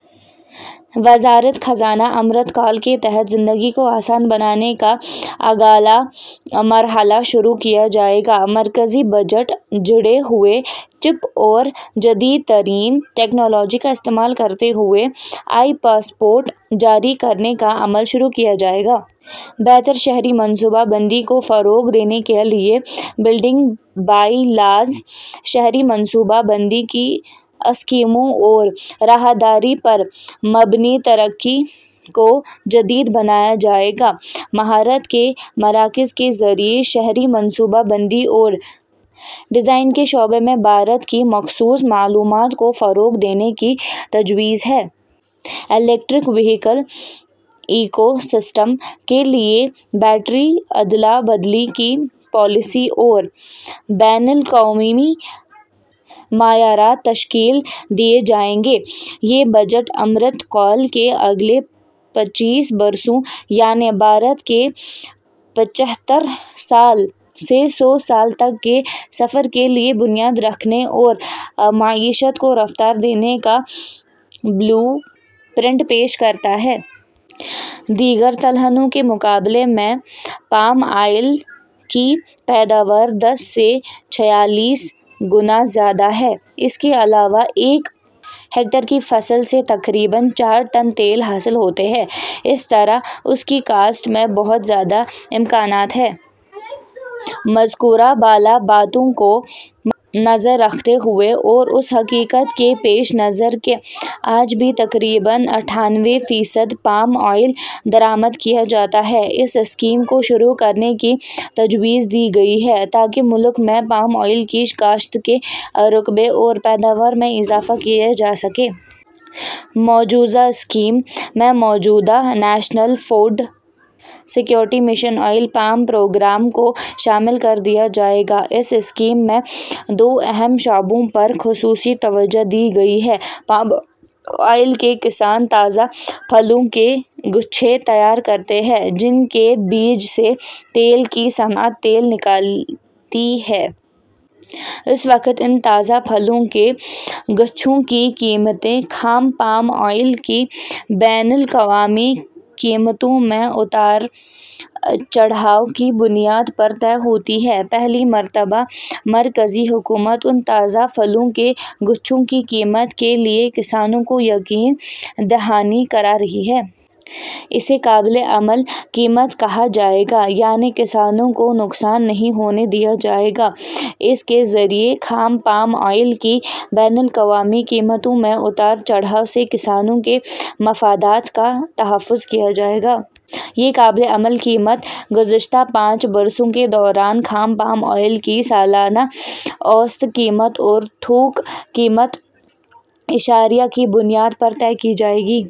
وزارتِ خزانہ امرت کال کے تحت زندگی کو آسان بنانے کا اگلا مرحلہ شروع کیا جائے گا: مرکزی بجٹ جڑے ہوئے چِپ اور جدید ترین ٹیکنالوجی کا استعمال کرتے ہوئے ای پاسپورٹ جاری کرنے کا عمل شروع کیا جائے گا۔ بہتر شہری منصوبہ بندی کو فروغ دینے کے لیے بلڈنگ بائی لاز، شہری منصوبہ بندی کی اسکیموں اور راہداری پر مبنی ترقی کو جدید بنایا جائے گا۔ مہارت کے مراکز کے ذریعے شہری منصوبہ بندی اور ڈیزائن کے شعبے میں بھارت کی مخصوص معلومات کو فروغ دینے کی تجویز ہے۔ الیکٹرک وہیکل ایکو سسٹم کے لیے بیٹری ادلا بدلی کی پالیسی اور بین الاقوامی معیارات تشکیل دیے جائیں گے۔ یہ بجٹ امرت کال کے اگلے پچیس برسوں، یعنی بھارت کے پچہتر سال سے سو سال تک کے سفر کے لیے بنیاد رکھنے اور معیشت کو رفتار دینے کا بلیو پرنٹ پیش کرتا ہے۔ دیگر تلہنوں کے مقابلے میں پام آئل کی پیداوار دس سے چھیالیس گنا زیادہ ہے۔ اس کے علاوہ ایک ہیکٹر کی فصل سے تقریباً چار ٹن تیل حاصل ہوتا ہے۔ اس طرح اس کی کاشت میں بہت زیادہ امکانات ہیں۔ مذکورہ بالا باتوں کو مدنظر رکھتے ہوئے اور اس حقیقت کے پیش نظر کہ آج بھی تقریباً اٹھانوے فیصد پام آئل درآمد کیا جاتا ہے، اس اسکیم کو شروع کرنے کی تجویز دی گئی ہے، تاکہ ملک میں پام آئل کی کاشت کے رقبے اور پیداوار میں اضافہ کیا جا سکے۔ مجوزہ اسکیم میں موجودہ national food security mission oil palm programme کو شامل کر دیا جائے گا۔ اس اسکیم میں دو اہم شعبوں پر خصوصی توجہ دی گئی ہے۔ پام آئل کے کسان تازہ پھلوں کے گچھے تیار کرتے ہیں، جن کے بیج سے تیل کی صنعت تیل نکالتی ہے۔ اس وقت ان تازہ پھلوں کے گچھوں کی قیمتیں خام پام آئل کی بین الاقوامی قیمتوں میں اتار چڑھاؤ کی بنیاد پر طے ہوتی ہیں۔ پہلی مرتبہ مرکزی حکومت ان تازہ پھلوں کے گچھوں کی قیمت کے لیے کسانوں کو یقین دہانی کرا رہی ہے۔ اسے قابلِ عمل قیمت کہا جائے گا، یعنی کسانوں کو نقصان نہیں ہونے دیا جائے گا۔ اس کے ذریعے خام پام آئل کی بین الاقوامی قیمتوں میں اتار چڑھاؤ سے کسانوں کے مفادات کا تحفظ کیا جائے گا۔ یہ قابلِ عمل قیمت گزشتہ پانچ برسوں کے دوران خام پام آئل کی سالانہ اوسط قیمت اور تھوک قیمت اشاریہ کی بنیاد پر طے کی جائے گی۔